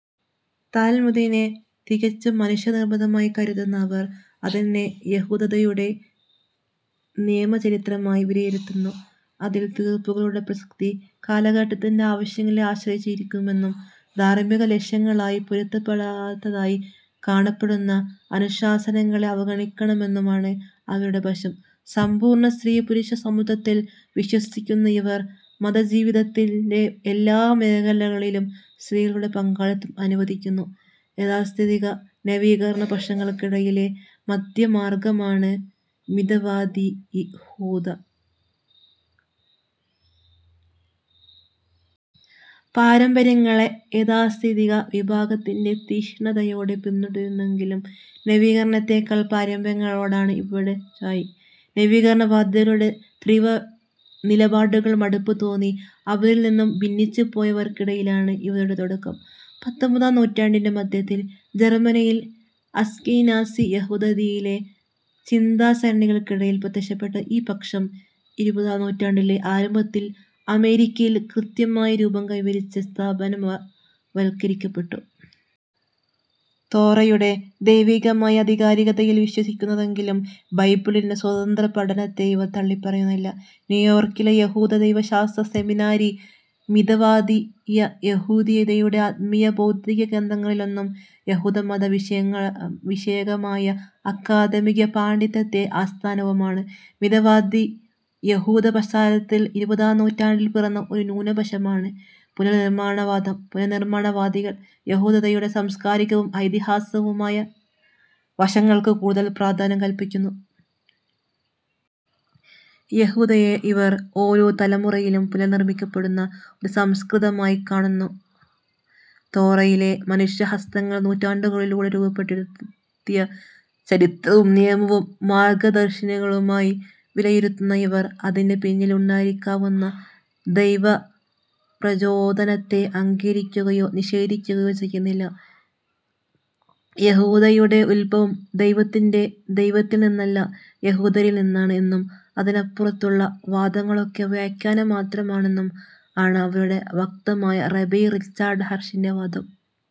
താൽമുദിനെ തികച്ചും മനുഷ്യനിർമ്മിതമായി കരുതുന്ന അവർ, അതിനെ യഹൂദതയുടെ നിയമചരിത്രമായി വിലയിരുത്തുന്നു. അതിലെ തീർപ്പുകളുടെ പ്രസക്തി കാലഘട്ടത്തിന്റെ ആവശ്യങ്ങളെ ആശ്രയിച്ചിരിക്കുമെന്നും ധാർമ്മികലക്ഷ്യങ്ങലായി പൊരുത്തപ്പെടാത്തതായി കാണപ്പെടുന്ന അനുശാസനങ്ങളെ അവഗണിക്കണമെന്നുമാണ് അവരുടെ പക്ഷം. സമ്പൂർണ്ണ സ്ത്രീപുരുഷസമത്വത്തിൽ വിശ്വസിക്കുന്ന ഇവർ മതജീവിതത്തിന്റെ എല്ലാം മേഖലകളിലും സ്ത്രീകളുടെ പങ്കാളിത്തം അനുവദിക്കുന്നു. യാഥാസ്ഥിതിക, നവീകരണപക്ഷങ്ങൾക്കിടയിലെ മദ്ധ്യമാർഗ്ഗമാണ് മിതവാദിയഹൂദത. പാരമ്പര്യങ്ങളെ യാഥാസ്ഥിതിക വിഭാഗത്തിന്റെ തീക്ഷ്ണതയോടെ പിന്തുടരുന്നില്ലെങ്കിലും, നവീകരണത്തേക്കാൾ പാരമ്പര്യങ്ങളോടാണ് ഇവരുടെ ചായ്വ്. നവീകരണവാദികളുടെ തീവ്രനിലപാടുകളിൽ മടുപ്പുതോന്നി അവരിൽ നിന്നു ഭിന്നിച്ചുപോയവർക്കിടയിലാണ് ഇവരുടെ തുടക്കം. പത്തൊൻപതാം നൂറ്റാണ്ടിന്റെ മദ്ധ്യത്തിൽ ജർമ്മനിയിൽ അസ്കെനാസി യഹൂദതയിലെ ചിന്താസരണികൾക്കിടയിൽ പ്രത്യക്ഷപ്പെട്ട ഈ പക്ഷം, ഇരുപതാം നൂറ്റാണ്ടിന്റെ ആരംഭത്തിൽ അമേരിക്കയിൽ കൃത്യമായ രൂപം കൈവരിച്ച് സ്ഥാപനവൽക്കരിക്കപ്പെട്ടു. തോറയുടെ ദൈവികമായ ആധികാരികതയിൽ വിശ്വസിക്കുന്നെങ്കിലും ബൈബിളിന്റെ സ്വതന്ത്രപഠനത്തെ ഇവർ തള്ളിപ്പറയുന്നില്ല. ന്യൂയോർക്കിലെ യഹൂദ ദൈവശാസ്ത്ര സെമിനാരി, മിതവാദിയഹൂദതയുടെ ആത്മീയ, ബൗദ്ധിക കേന്ദ്രങ്ങളിലൊന്നും യഹൂദമതവിഷയകമായ അക്കാദമിക പാണ്ഡിത്യത്തിന്റെ ആസ്ഥാനവുമാണ്. മിതവാദിയഹൂദപശ്ചാത്തലത്തിൽ ഇരുപതാം നൂറ്റാണ്ടിൽ പിറന്ന ഒരു ന്യൂനപക്ഷമാണ് 'പുനർനിർമ്മാണവാദം'. പുനർനിർമ്മാണവാദികൾ യഹൂദതയുടെ സാംസ്കാരികവും ഐതിഹാസികവുമായ വശങ്ങൾക്കു കൂടുതൽ പ്രാധാന്യം കല്പിക്കുന്നു. യഹൂദതയെ ഇവർ, ഓരോ തലമുറയിലും പുനർനിർമ്മിക്കപ്പെടുന്ന ഒരു സംസ്കൃതിയായി കാണുന്നു. തോറയെ മനുഷ്യഹസ്തങ്ങൾ നൂറ്റാണ്ടുകളിലൂടെ രൂപപ്പെടുത്തിയ ചരിത്രവും നിയമവും സന്മാർഗ്ഗദർശികയുമായി വിലയിരുത്തുന്ന ഇവർ, അതിന്റെ പിന്നിൽ ഉണ്ടായിരിക്കാവുന്ന ദൈവപ്രചോദനത്തെ അംഗീകരിക്കുകയോ നിഷേധിക്കുകയോ ചെയ്യുന്നില്ല. "യഹൂദതയുടെ ഉത്ഭവം ദൈവത്തിൽ നിന്നല്ല യഹൂദരിൽ നിന്നാണ്" എന്നും അതിനപ്പുറത്തുള്ള വാദങ്ങളൊക്കെ വ്യാഖ്യാനം മാത്രമാണെന്നും ആണ് അവരുടെ വക്താവായ റബൈ റിച്ചാർഡ് ഹിർഷിന്റെ വാദം.